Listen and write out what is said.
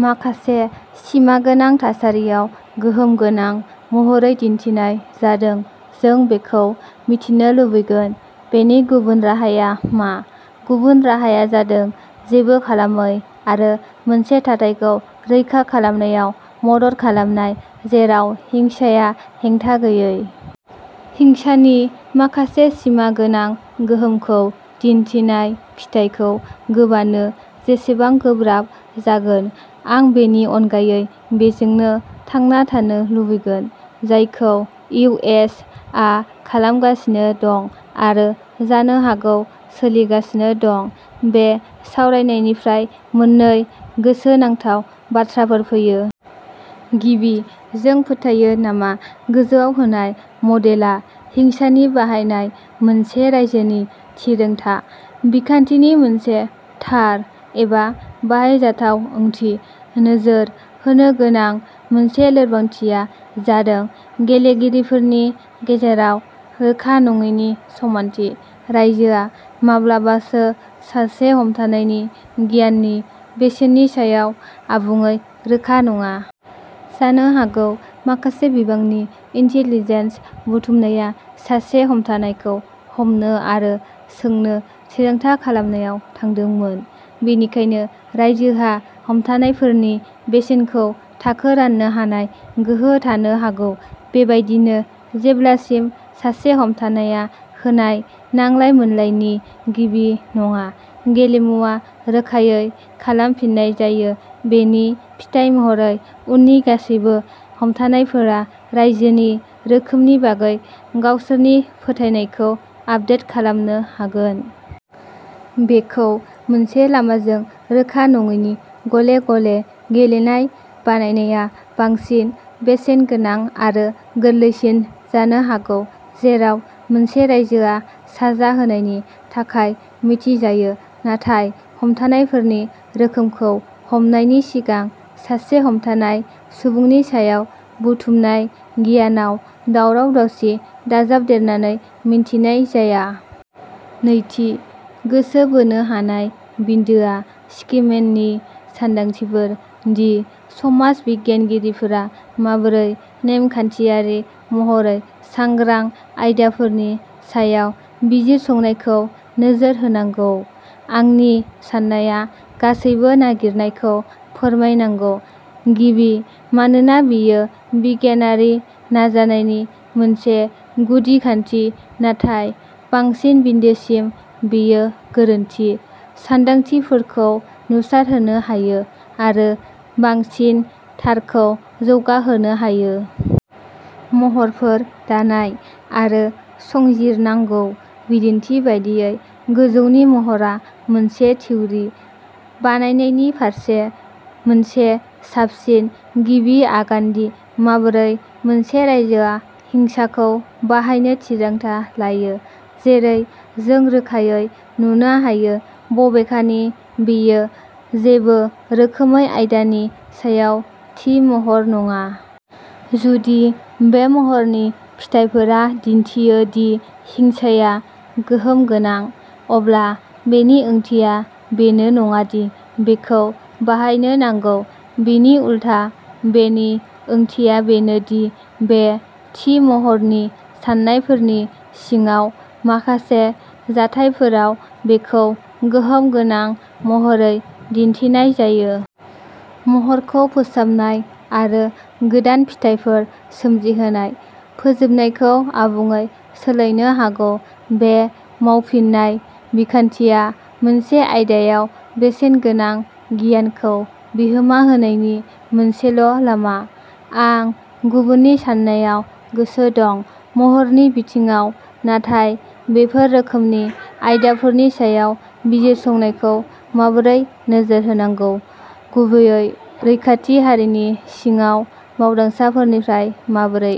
माखासे सिमा गोनां थासारियाव गोहोम गोनां महरै दिन्थिनाय जादों, जों बेखौ मिथिनो लुबैगोन। बेनि गुबुन राहाया मा? गुबुन राहाया जादों जेबो खालामै आरो मोनसे थाथायखौ रैखा खालामनायाव मदद खालामनाय जेराव हिंसाया हेंथा गैयै। हिंसानि माखासे सिमा गोनां गोहोमखौ दिन्थिनाय फिथायखौ गोबानो जेसेबां गोब्राब जागोन, आं बेनि अनगायै बेजोंनो थांना थानो लुबैगोन, जायखौ इउ. एस. आ खालामगासिनो दं-आरो जानो हागौ सोलिगासिनो दं। बे सावरायनायनिफ्राय मोननै गोसोनांथाव बाथ्राफोर फैयो। गिबि, जों फोथायो नामा गोजौआव होनाय मडेलआ हिंसानि बाहायनाय मोनसे रायजोनि थिरांथा बिखान्थिनि मोनसे थार एबा बाहायजाथाव ओंथि? नोजोर होनो गोनां मोनसे लोरबांथिया जादों गेलेगिरिफोरनि गेजेराव रोखा नङैनि समानथि। रायजोआ माब्लाबासो सासे हमथानायनि गियाननि बेसेननि सायाव आबुङै रोखा नङा। जानो हागौ माखासे बिबांनि इन्टेलिजेन्स बुथुमनाया सासे हमथानायखौ हमनो आरो सोंनो थिरांथा खालामनायाव थांदोंमोन, बेनिखायनो, रायजोहा हमथानायफोरनि बेसेनखौ थाखो राननो हानाय गोहो थानो हागौ। बेबायदिनो, जेब्लासिम सासे हमथानायआ होनाय नांलाय-मोनलायनि गिबि नङा, गेलेमुआ रोखायै खालामफिननाय जायो; बेनि फिथाय महरै, उननि गासैबो हमथानायफोरा रायजोनि रोखोमनि बागै गावसोरनि फोथायनायखौ आपदेट खालामनो हागोन। बेखौ मोनसे-लामाजों रोखा नङैनि गले-गले गेलेनाय बानायनाया बांसिन बेसेनगोनां आरो गोरलैसिन जानो हागौ, जेराव मोनसे रायजोआ साजा होनायनि थाखाय मिथिजायो, नाथाय हमथानायफोरनि रोखोमखौ हमनायनि सिगां सासे हमथानाय सुबुंनि सायाव बुथुमनाय गियानाव दावराव-दावसि दाजाबदेरनानै मिन्थिनाय जाया। नैथि गोसो बोनो हानाय बिन्दोआ स्किमेननि सानदांथिफोर दि समाज बिगियानगिरिफोरा माबोरै नेमखान्थियारि महरै सांग्रां आयदाफोरनि सायाव बिजिरसंनायखौ नोजोर होनांगौ। आंनि साननाया गासैबो नागिरनायखौ फोरमायनांगौ; गिबि मानोना बेयो बिगियानारि नाजानायनि मोनसे गुदि खान्थि, नाथाय बांसिन बिन्दोसिम, बेयो गोरोन्थि सान्दांथिफोरखौ नुसारहोनो हायो आरो बांसिन थारखौ जौगाहोनो हायो। महरफोर दानाय आरो संजिरनांगौ। बिदिन्थि बायदियै, गोजौनि महरआ मोनसे थिउरि बानायनायनि फारसे मोनसे साबसिन गिबि आगान दि माबोरै मोनसे रायजोआ हिंसाखौ बाहायनो थिरांथा लायो। जेरै जों रोखायै नुनो हायो, बबेखानि, बेयो जेबो रोखोमै आयदानि सायाव थि महर नङा। जुदि बे महरनि फिथायफोरा दिन्थियो दि हिंसाया गोहोम गोनां, अब्ला बेनि ओंथिया बेनो नङा दि बेखौ बाहायनो नांगौ। बिनि उलथा, बेनि ओंथिया बेनो दि बे थि महरनि सान्नायफोरनि सिङाव, माखासे जाथायफोराव, बेखौ गोहोम गोनां महरै दिन्थिनाय जायो। महरखौ फोसाबनाय, आरो गोदान फिथायफोर सोमजिहोनाय, फोजोबनायखौ आबुङै सोलायनो हागौ। बे मावफिननाय बिखान्थिया मोनसे आयदायाव बेसेनगोनां गियानखौ बिहोमा होनायनि मोनसेल'लामा। आं गुबुननि साननायाव गोसो दं, महरनि बिथिङाव, नाथाय बेफोर रोखोमनि आयदाफोरनि सायाव बिजिरसंनायखौ माबोरै नोजोर होनांगौ। गुबैयै रैखाथि हारिनि सिङाव मावदांसाफोरनिफ्राय। माबोरै